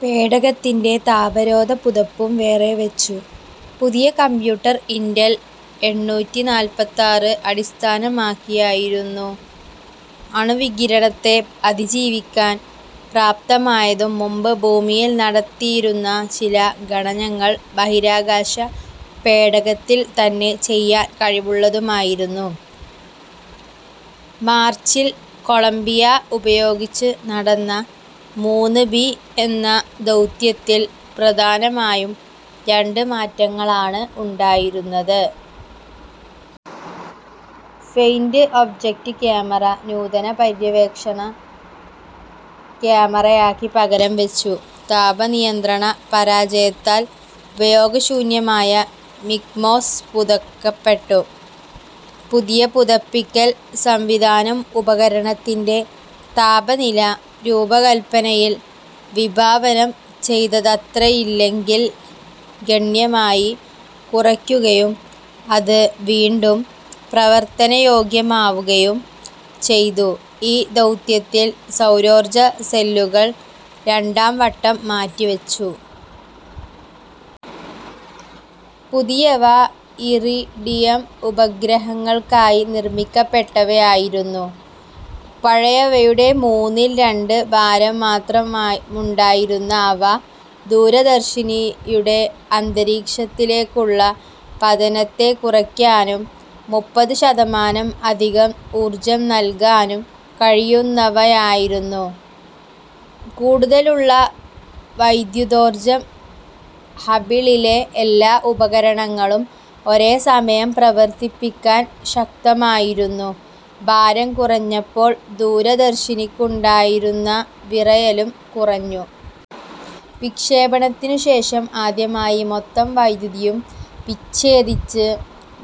പേടകത്തിൻ്റെ താപരോധ പുതപ്പും വേറെ വെച്ചു. പുതിയ കമ്പ്യൂട്ടർ ഇന്റൽ എണ്ണൂറ്റി നാൽപ്പത്താറ് അടിസ്ഥാനമാക്കിയായിരുന്നു. അണുവികിരണത്തെ അതിജീവിക്കാൻ പ്രാപ്തമായതും മുമ്പ് ഭൂമിയിൽ നടത്തിയിരുന്ന ചില ഗണനങ്ങൾ ബഹിരാകാശ പേടകത്തിൽ തന്നെ ചെയ്യാൻ കഴിവുള്ളതുമായിരുന്നു. മാർച്ചിൽ കൊളംബിയ ഉപയോഗിച്ച് നടന്ന മൂന്ന് ബി എന്ന ദൗത്യത്തിൽ പ്രധാനമായും രണ്ട് മാറ്റങ്ങളാണ് ഉണ്ടായിരുന്നത്. ഫെയിൻ്റ് ഒബ്ജക്റ്റ് ക്യാമറ നൂതന പര്യവേക്ഷണ ക്യാമറയാക്കി പകരംവെച്ചു. താപ നിയന്ത്രണ പരാജയത്താൽ ഉപയോഗശൂന്യമായ നിക്മോസ് പുതുക്കപ്പെട്ടു. പുതിയ പുതപ്പിക്കൽ സംവിധാനം ഉപകരണത്തിൻ്റെ താപനില രൂപകല്പനയിൽ വിഭാവനം ചെയ്തത്രയില്ലെങ്കിൽ ഗണ്യമായി കുറയ്ക്കുകയും അത് വീണ്ടും പ്രവർത്തനയോഗ്യമാവുകയും ചെയ്തു. ഈ ദൗത്യത്തിൽ സൗരോർജ്ജ സെല്ലുകൾ രണ്ടാം വട്ടം മാറ്റിവെച്ചു. പുതിയവ ഇറിഡിയം ഉപഗ്രഹങ്ങൾക്കായി നിർമ്മിക്കപ്പെട്ടവയായിരുന്നു. പഴയവയുടെ മൂന്നിൽ രണ്ട് ഭാരം മാത്രമായി മുണ്ടായിരുന്ന അവ, ദൂരദർശിനിയുടെ അന്തരീക്ഷത്തിലേക്കുള്ള പതനത്തെ കുറയ്ക്കാനും മുപ്പത് ശതമാനം അധികം ഊർജ്ജം നൽകാനും കഴിയുന്നവയായിരുന്നു. കൂടുതലുള്ള വൈദ്യുതോർജ്ജം ഹബിളിലെ എല്ലാ ഉപകരണങ്ങളും ഒരേ സമയം പ്രവർത്തിപ്പിക്കാൻ ശക്തമായിരുന്നു. ഭാരം കുറഞ്ഞപ്പോൾ ദൂരദർശിനിക്കുണ്ടായിരുന്ന വിറയലും കുറഞ്ഞു. വിക്ഷേപണത്തിനു ശേഷം ആദ്യമായി മൊത്തം വൈദ്യുതിയും വിച്ഛേദിച്ച്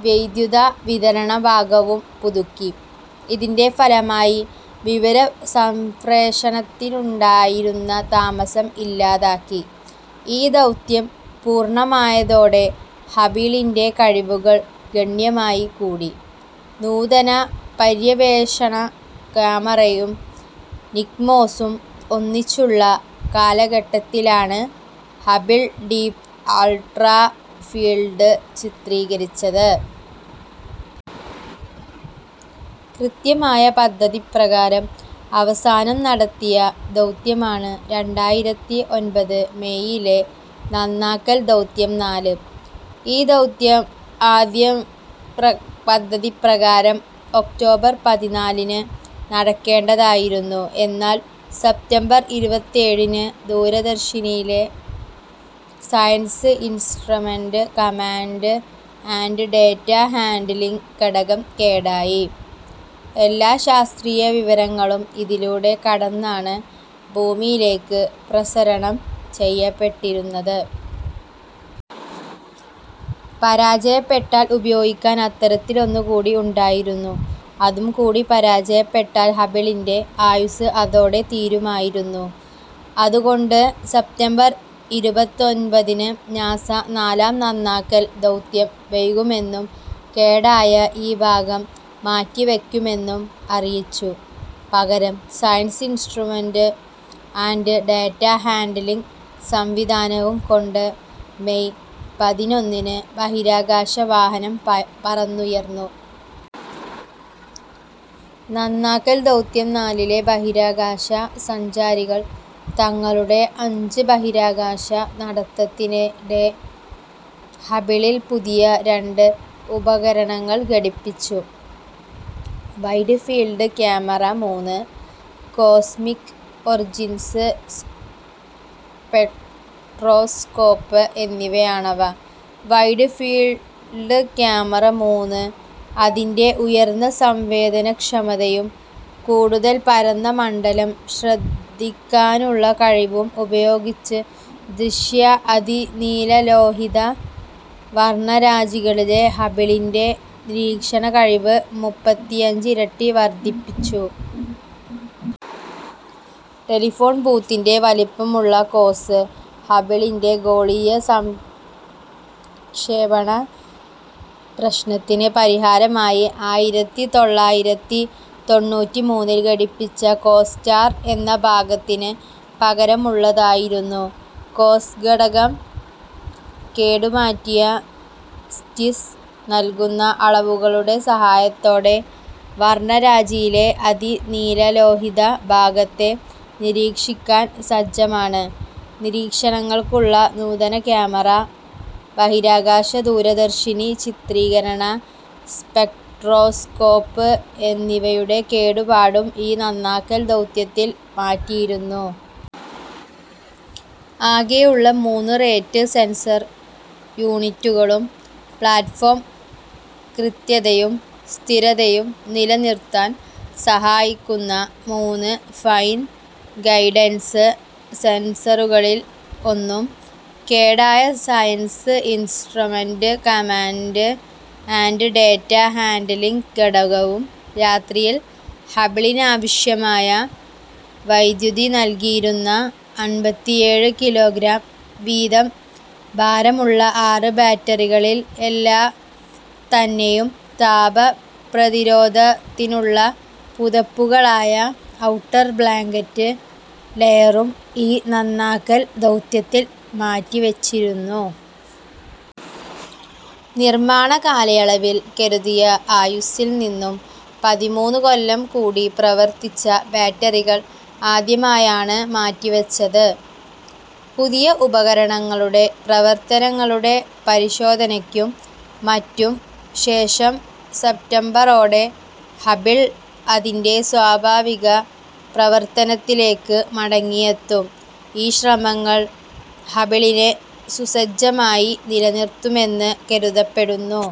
വൈദ്യുത വിതരണ ഭാഗവും പുതുക്കി. ഇതിൻ്റെ ഫലമായി വിവരസംപ്രേഷണത്തിനുണ്ടായിരുന്ന താമസം ഇല്ലാതാക്കി. ഈ ദൗത്യം പൂർണ്ണമായതോടെ ഹബിളിൻ്റെ കഴിവുകൾ ഗണ്യമായി കൂടി. നൂതന പര്യവേക്ഷണ ക്യാമറയും നിക്മോസും ഒന്നിച്ചുള്ള കാലഘട്ടത്തിലാണ് ഹബിൾ ഡീപ് അൾട്രാ ഫീൽഡ് ചിത്രീകരിച്ചത്. കൃത്യമായ പദ്ധതി പ്രകാരം അവസാനം നടത്തിയ ദൗത്യമാണ് രണ്ടായിരത്തി ഒൻപത് മേയിലെ നന്നാക്കൽ ദൗത്യം നാല്. ഈ ദൗത്യം ആദ്യ പദ്ധതിപ്രകാരം ഒക്ടോബർ പതിനാലിന് നടക്കേണ്ടതായിരുന്നു. എന്നാൽ സെപ്റ്റംബർ ഇരുപത്തേഴിന് ദൂരദർശിനിയിലെ science instrument command and data handling ഘടകം കേടായി. എല്ലാ ശാസ്ത്രീയ വിവരങ്ങളും ഇതിലൂടെ കടന്നാണ് ഭൂമിയിലേക്ക് പ്രസരണം ചെയ്യപ്പെട്ടിരുന്നത്. പരാജയപ്പെട്ടാൽ ഉപയോഗിക്കാൻ അത്തരത്തിലൊന്നു കൂടി ഉണ്ടായിരുന്നു. അതും കൂടി പരാജയപ്പെട്ടാൽ ഹബിളിൻ്റെ ആയുസ്സ് അതോടെ തീരുമായിരുന്നു. അതുകൊണ്ട് സെപ്റ്റംബർ ഇരുപത്തൊൻപതിന് നാസ നാലാം നന്നാക്കൽ ദൗത്യം വൈകുമെന്നും കേടായ ഈ ഭാഗം മാറ്റിവെയ്ക്കുമെന്നും അറിയിച്ചു. പകരം science instrument and data handling സംവിധാനവും കൊണ്ട് മേയ് പതിനൊന്നിന് ബഹിരാകാശ വാഹനം പറന്നുയർന്നു. നന്നാക്കൽ ദൗത്യം നാലിലെ ബഹിരാകാശ സഞ്ചാരികൾ തങ്ങളുടെ അഞ്ച് ബഹിരാകാശ നടത്തത്തിനിടെ ഹബിളിൽ പുതിയ രണ്ട് ഉപകരണങ്ങൾ ഘടിപ്പിച്ചു. വൈഡ് ഫീൽഡ് ക്യാമറ മൂന്ന്, കോസ്മിക് ഒറിജിൻസ് സ്പെക്ട്രോസ്കോപ്പ് എന്നിവയാണവ. വൈഡ് ഫീൽഡ് ക്യാമറ മൂന്ന് അതിൻ്റെ ഉയർന്ന സംവേദനക്ഷമതയും കൂടുതൽ പരന്ന മണ്ഡലം ശ്രദ്ധിക്കാനുള്ള കഴിവും ഉപയോഗിച്ച്, ദൃശ്യ അതിനീലലോഹിത വർണ്ണരാജികളിലെ ഹബിളിൻ്റെ നിരീക്ഷണ കഴിവ് മുപ്പത്തിയഞ്ച് ഇരട്ടി വർദ്ധിപ്പിച്ചു. ടെലിഫോൺ ബൂത്തിൻ്റെ വലിപ്പമുള്ള കോസ്, ഹബിളിൻ്റെ ഗോളീയ സംക്ഷേപണ പ്രശ്നത്തിന് പരിഹാരമായി ആയിരത്തി തൊള്ളായിരത്തി തൊണ്ണൂറ്റിമൂന്നിൽ ഘടിപ്പിച്ച കോസ്റ്റാർ എന്ന ഭാഗത്തിന് പകരമുള്ളതായിരുന്നു. കോസ് ഘടകം, കേടുമാറ്റിയ സ്റ്റിസ് നൽകുന്ന അളവുകളുടെ സഹായത്തോടെ വർണ്ണരാജിയിലെ അതിനീലലോഹിത ഭാഗത്തെ നിരീക്ഷിക്കാൻ സജ്ജമാണ്. നിരീക്ഷണങ്ങൾക്കുള്ള നൂതന ക്യാമറ, ബഹിരാകാശ ദൂരദർശിനി ചിത്രീകരണ സ്പെക്ട്രോസ്കോപ്പ് എന്നിവയുടെ കേടുപാടും ഈ നന്നാക്കൽ ദൗത്യത്തിൽ മാറ്റിയിരുന്നു. ആകെയുള്ള മൂന്ന് റേറ്റ് സെൻസർ യൂണിറ്റുകളും, പ്ലാറ്റ്ഫോം കൃത്യതയും സ്ഥിരതയും നിലനിർത്താൻ സഹായിക്കുന്ന മൂന്ന് ഫൈൻ ഗൈഡൻസ് സെൻസറുകളിൽ ഒന്നും, കേടായ science instrument command and data handling ഘടകവും, രാത്രിയിൽ ഹബിളിനാവശ്യമായ വൈദ്യുതി നൽകിയിരുന്ന അൻപത്തിയേഴ് കിലോഗ്രാം വീതം ഭാരമുള്ള ആറ് ബാറ്ററികളിൽ എല്ലാം തന്നെയും, താപ പ്രതിരോധത്തിനുള്ള പുതപ്പുകളായ ഔട്ടർ ബ്ലാങ്കറ്റ് ലെയറും ഈ നന്നാക്കൽ ദൗത്യത്തിൽ മാറ്റിവെച്ചിരുന്നു. നിർമ്മാണ കാലയളവിൽ കരുതിയ ആയുസ്സിൽ നിന്നും പതിമൂന്ന് കൊല്ലം കൂടി പ്രവർത്തിച്ച ബാറ്ററികൾ ആദ്യമായാണ് മാറ്റിവെച്ചത്. പുതിയ ഉപകരണങ്ങളുടെ പ്രവർത്തനങ്ങളുടെ പരിശോധനയ്ക്കും മറ്റും ശേഷം സെപ്റ്റംബറോടെ ഹബിൾ അതിൻ്റെ സ്വാഭാവിക പ്രവർത്തനത്തിലേക്ക് മടങ്ങിയെത്തും. ഈ ശ്രമങ്ങൾ ഹബിളിനെ സുസജ്ജമായി നിലനിർത്തുമെന്ന് കരുതപ്പെടുന്നു.